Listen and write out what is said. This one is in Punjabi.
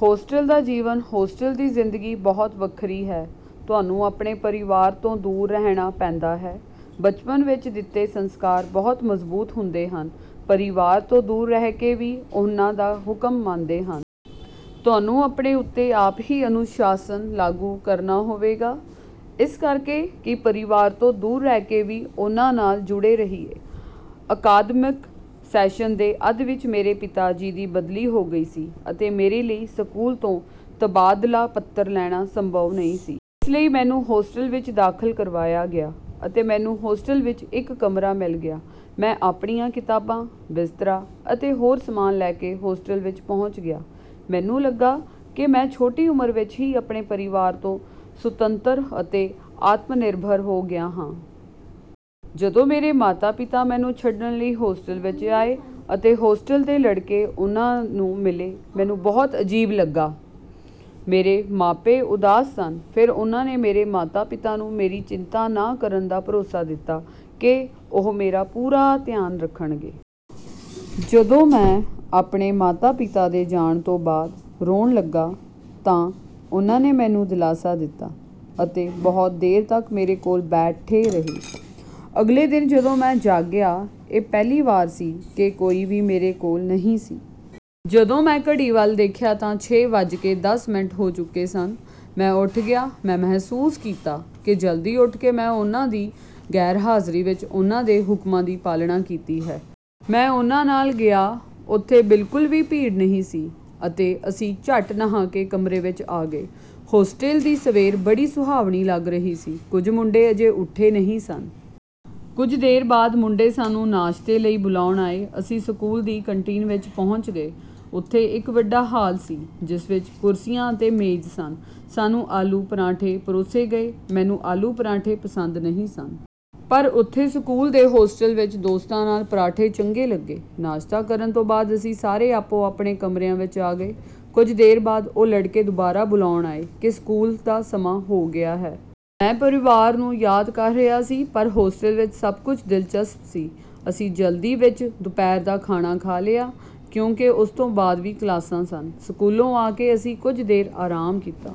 ਹੋਸਟਲ ਦਾ ਜੀਵਨ ਹੋਸਟਲ ਦੀ ਜ਼ਿੰਦਗੀ ਬਹੁਤ ਵੱਖਰੀ ਹੈ ਤੁਹਾਨੂੰ ਆਪਣੇ ਪਰਿਵਾਰ ਤੋਂ ਦੂਰ ਰਹਿਣਾ ਪੈਂਦਾ ਹੈ। ਬਚਪਨ ਵਿੱਚ ਦਿੱਤੇ ਸੰਸਕਾਰ ਬਹੁਤ ਮਜ਼ਬੂਤ ਹੁੰਦੇ ਹਨ। ਪਰਿਵਾਰ ਤੋਂ ਦੂਰ ਰਹਿ ਕੇ ਵੀ ਉਨ੍ਹਾਂ ਦਾ ਹੁਕਮ ਮੰਨਦੇ ਹਨ। ਤੁਹਾਨੂੰ ਆਪਣੇ ਉੱਤੇ ਆਪ ਹੀ ਅਨੁਸ਼ਾਸਨ ਲਾਗੂ ਕਰਨਾ ਹੋਵੇਗਾ। ਇਸ ਕਰ ਕੇ ਕਿ ਪਰਿਵਾਰ ਤੋਂ ਦੂਰ ਰਹਿ ਕੇ ਵੀ ਉਨ੍ਹਾਂ ਨਾਲ ਜੁੜੇ ਰਹੀਏ। ਅਕਾਦਮਿਕ ਸੈਸ਼ਨ ਦੇ ਅੱਧ ਵਿਚ ਮੇਰੇ ਪਿਤਾ ਜੀ ਦੀ ਬਦਲੀ ਹੋ ਗਈ ਸੀ ਅਤੇ ਮੇਰੇ ਲਈ ਸਕੂਲ ਤੋਂ ਤਬਾਦਲਾ ਪੱਤਰ ਲੈਣਾ ਸੰਭਵ ਨਹੀਂ ਸੀ। ਇਸ ਲਈ ਮੈਨੂੰ ਹੋਸਟਲ ਵਿੱਚ ਦਾਖਲ ਕਰਵਾਇਆ ਗਿਆ। ਅਤੇ ਮੈਨੂੰ ਹੋਸਟਲ ਵਿੱਚ ਇੱਕ ਕਮਰਾ ਮਿਲ ਗਿਆ। ਮੈਂ ਆਪਣੀਆਂ ਕਿਤਾਬਾਂ, ਬਿਸਤਰਾ ਅਤੇ ਹੋਰ ਸਮਾਨ ਲੈ ਕੇ ਹੋਸਟਲ ਪਹੁੰਚ ਗਿਆ। ਮੈਨੂੰ ਲੱਗਾ ਕਿ ਮੈਂ ਛੋਟੀ ਉਮਰ ਵਿੱਚ ਹੀ ਆਪਣੇ ਪਰਿਵਾਰ ਤੋਂ ਸੁਤੰਤਰ ਅਤੇ ਆਤਮਨਿਰਭਰ ਹੋ ਗਿਆ ਹਾਂ। ਜਦੋਂ ਮੇਰੇ ਮਾਤਾ-ਪਿਤਾ ਮੈਨੂੰ ਛੱਡਣ ਲਈ ਹੋਸਟਲ ਵਿੱਚ ਆਏ ਅਤੇ ਹੋਸਟਲ ਦੇ ਲੜਕੇ ਉਨ੍ਹਾਂ ਨੂੰ ਮਿਲੇ। ਮੈਨੂੰ ਬਹੁਤ ਅਜੀਬ ਲੱਗਾ। ਮੇਰੇ ਮਾਪੇ ਉਦਾਸ ਸਨ। ਫਿਰ ਉਹਨਾਂ ਨੇ ਮੇਰੇ ਮਾਤਾ-ਪਿਤਾ ਨੂੰ ਮੇਰੀ ਚਿੰਤਾ ਨਾ ਕਰਨ ਦਾ ਭਰੋਸਾ ਦਿੱਤਾ ਕਿ ਉਹ ਮੇਰਾ ਪੂਰਾ ਧਿਆਨ ਰੱਖਣਗੇ। ਜਦੋਂ ਮੈਂ ਆਪਣੇ ਮਾਤਾ-ਪਿਤਾ ਦੇ ਜਾਣ ਤੋਂ ਬਾਅਦ ਰੋਣ ਲੱਗਾ ਤਾਂ ਉਨ੍ਹਾਂ ਨੇ ਮੈਨੂੰ ਦਿਲਾਸਾ ਦਿੱਤਾ ਅਤੇ ਬਹੁਤ ਦੇਰ ਤੱਕ ਮੇਰੇ ਕੋਲ ਬੈਠੇ ਰਹੇ। ਅਗਲੇ ਦਿਨ ਜਦੋਂ ਮੈਂ ਜਾਗਿਆ, ਇਹ ਪਹਿਲੀ ਵਾਰ ਸੀ ਕਿ ਕੋਈ ਵੀ ਮੇਰੇ ਕੋਲ ਨਹੀਂ ਸੀ। ਜਦੋਂ ਮੈਂ ਘੜੀ ਵੱਲ ਦੇਖਿਆ ਤਾਂ ਛੇ ਵੱਜ ਕੇ ਦਸ ਮਿੰਟ ਹੋ ਚੁੱਕੇ ਸਨ। ਮੈਂ ਉਠ ਗਿਆ ਮੈਂ ਮਹਿਸੂਸ ਕੀਤਾ ਕਿ ਜਲਦੀ ਉੱਠ ਕੇ ਮੈਂ ਉਹਨਾਂ ਦੀ ਗੈਰਹਾਜ਼ਰੀ ਵਿੱਚ ਉਹਨਾਂ ਦੇ ਹੁਕਮਾਂ ਦੀ ਪਾਲਣਾ ਕੀਤੀ ਹੈ। ਮੈਂ ਉਨ੍ਹਾਂ ਨਾਲ ਗਿਆ। ਉੱਥੇ ਬਿਲਕੁਲ ਵੀ ਭੀੜ ਨਹੀਂ ਸੀ ਅਤੇ ਅਸੀਂ ਝੱਟ ਨਹਾ ਕੇ ਕਮਰੇ ਵਿੱਚ ਆ ਗਏ। ਹੋਸਟਲ ਦੀ ਸਵੇਰ ਬੜੀ ਸੁਹਾਵਣੀ ਲੱਗ ਰਹੀ ਸੀ। ਕੁਝ ਮੁੰਡੇ ਅਜੇ ਉਠੇ ਨਹੀਂ ਸਨ। ਕੁਝ ਦੇਰ ਬਾਅਦ ਮੁੰਡੇ ਸਾਨੂੰ ਨਾਸ਼ਤੇ ਲਈ ਬੁਲਾਉਣ ਆਏ। ਅਸੀਂ ਸਕੂਲ ਦੀ ਕੰਟੀਨ ਵਿੱਚ ਪਹੁੰਚ ਗਏ। ਉੱਥੇ ਇੱਕ ਵੱਡਾ ਹਾਲ ਸੀ। ਜਿਸ ਵਿੱਚ ਕੁਰਸੀਆਂ ਅਤੇ ਮੇਜ਼ ਸਨ। ਸਾਨੂੰ ਆਲੂ ਪਰਾਠੇ ਪਰੋਸੇ ਗਏ। ਮੈਨੂੰ ਆਲੂ ਪਰਾਠੇ ਪਸੰਦ ਨਹੀਂ ਸਨ। ਪਰ ਉਥੇ ਸਕੂਲ ਦੇ ਹੋਸਟਲ ਵਿਚ ਦੋਸਤਾਂ ਨਾਲ ਪਰਾਠੇ ਚੰਗੇ ਲੱਗੇ। ਨਾਸ਼ਤਾ ਕਰਨ ਤੋਂ ਬਾਅਦ ਅਸੀਂ ਸਾਰੇ ਆਪੋ-ਆਪਣੇ ਕਮਰਿਆਂ ਵਿਚ ਆ ਗਏ। ਕੁਝ ਦੇਰ ਬਾਅਦ ਉਹ ਲੜਕੇ ਦੁਬਾਰਾ ਬੁਲਾਉਣ ਆਏ ਕਿ ਸਕੂਲ ਦਾ ਸਮਾਂ ਹੋ ਗਿਆ ਹੈ। ਮੈਂ ਪਰਿਵਾਰ ਨੂੰ ਯਾਦ ਕਰ ਰਿਹਾ ਸੀ ਪਰ ਹੋਸਟਲ ਵਿੱਚ ਸਭ ਕੁਝ ਦਿਲਚਸਪ ਸੀ। ਅਸੀਂ ਜਲਦੀ ਵਿਚ ਦੁਪਹਿਰ ਦਾ ਖਾਣਾ ਖਾ ਲਿਆ ਕਿਉਂਕਿ ਉਸ ਤੋਂ ਬਾਅਦ ਵੀ ਕਲਾਸਾਂ ਸਨ। ਸਕੂਲੋਂ ਆ ਕੇ ਅਸੀਂ ਕੁਝ ਦੇਰ ਆਰਾਮ ਕੀਤਾ।